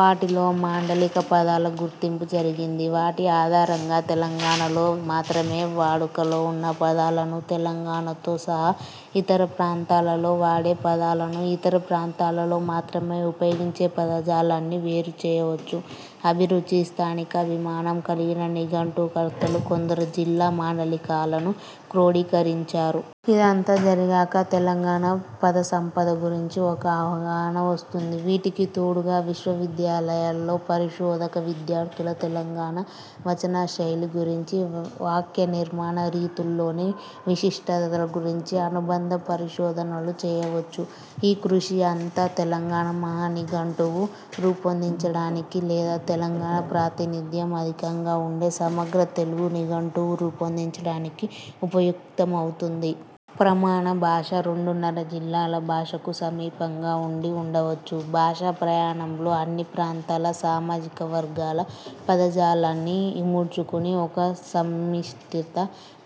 వాటిలో మాండలిక పదాల గుర్తింపు జరిగింది. వాటి ఆధారంగా తెలంగాణలో మాత్రమే వాడుకలో ఉన్న పదాలను, తెలంగాణతో సహా ఇతర ప్రాంతాలలో వాడే పదాలను, ఇతర ప్రాంతాలలో మాత్రమే ఉపయోగించే పదజాలాన్ని వేరు చేయవచ్చు. అభిరుచి, స్థానికాభిమానం కలిగిన నిఘంటు కర్తలు కొందరు జిల్లా మాండలికాలను క్రోడీకరించారు. ఇదంతా జరిగాక, తెలంగాణ పదసంపద గురించి ఒక అవగాహన వస్తుంది. వీటికి తోడుగా విశ్వవిద్యాలయాల్లో పరిశోధక విద్యార్థులు తెలంగాణ వచన శైలి గురించి, వాక్యనిర్మాణ రీతుల్లోని విశిష్టతల గురించి అనుబంధ పరిశోధనలు చేయవచ్చు. ఈ కృషి అంతా తెలంగాణ మహానిఘంటువు రూపొందించడానికి, లేదా తెలంగాణ ప్రాతినిధ్యం అధికంగా ఉండే సమగ్ర తెలుగు నిఘంటువు రూపొందించడానికి ఉపయుక్తమవుతుంది. ప్రమాణ భాష రెండున్నర జిల్లాల భాషకు సమీపంగా ఉండి ఉండవచ్చు. భాషా ప్రయాణంలో అన్ని ప్రాంతాల, సామాజిక వర్గాల పదజాలాన్ని ఇముడ్చుకుని ఒక సమ్మిస్టిత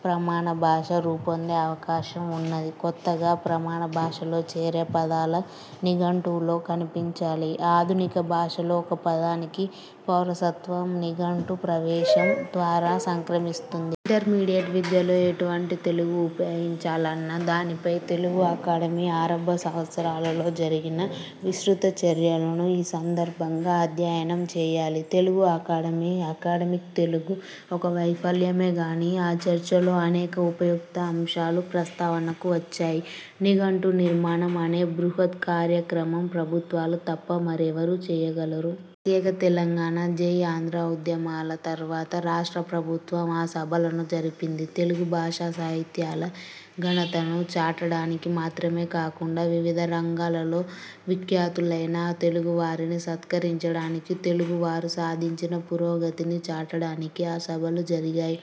ప్రమాణభాష రూపొందే అవకాశం ఉన్నది కొత్తగా ప్రమాణభాషలో చేరే పదాలు నిఘంటువులో కనిపించాలి. ఆధునిక భాషలో ఒక పదానికి పౌరసత్వం నిఘంటు ప్రవేశం ద్వారా సంక్రమిస్తుంది. ఇంటర్మీడియేట్ విద్యలో ఎటువంటి తెలుగు ఉపయోగించాలన్న దానిపై తెలుగు అకాడమీ ఆరంభ సంవత్సరాలలో జరిగిన విస్తృతచర్యలను ఈ సందర్భంగా అధ్యయనం చేయాలి. తెలుగుఅకాడమీ అకడమిక్ తెలుగు ఒక వైఫల్యమే కానీ, ఆ చర్చలో అనేక ఉపయుక్త అంశాలు ప్రస్తావనకు వచ్చాయి. నిఘంటునిర్మాణం అనే బృహత్ కార్యక్రమం ప్రభుత్వాలు తప్ప మరెవరు చేయగలరు? ప్రత్యేక తెలంగాణ, జై ఆంధ్ర ఉద్యమాల తరువాత రాష్ట్ర ప్రభుత్వం ఆ సభలను జరిపింది. తెలుగుభాషా సాహిత్యాల ఘనతను చాటడానికి మాత్రమే కాకుండా, వివిధ రంగాలలో విఖ్యాతులైన తెలుగువారిని సత్కరించడానికి, తెలుగు వారు సాధించిన పురోగతిని చాటడానికి ఆ సభలు జరిగాయి.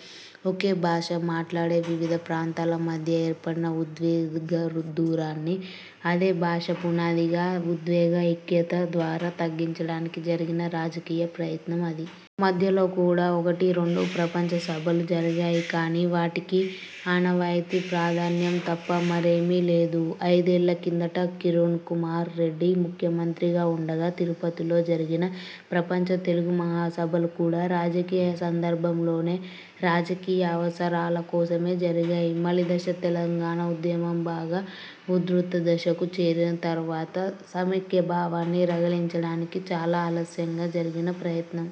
ఒకే భాష మాట్లాడే వివిధ ప్రాంతాల మధ్య ఏర్పడిన ఉద్వేగదూరాన్ని, అదే భాష పునాదిగా ఉద్వేగ ఐక్యత ద్వారా తగ్గించడానికి జరిగిన రాజకీయ ప్రయత్నం అది. మధ్యలో కూడా ఒకటీరెండూ ప్రపంచసభలు జరిగాయి కానీ, వాటికి ఆనవాయితీ ప్రాధాన్యం తప్ప మరేమీ లేదు. ఐదేళ్ల కిందట కిరణ్కుమార్ రెడ్డి ముఖ్యమంత్రిగా ఉండగా తిరుపతిలో జరిగిన ప్రపంచ తెలుగు మహాసభలు కూడా రాజకీయ సందర్భంలోనే, రాజకీయ అవసరాల కోసమే జరిగాయి. మలిదశ తెలంగాణ ఉద్యమం బాగా ఉధృత దశకు చేరిన తరువాత, సమైక్యభావాన్ని రగిలించడానికి చాలా ఆలస్యంగా జరిగిన ప్రయత్నం.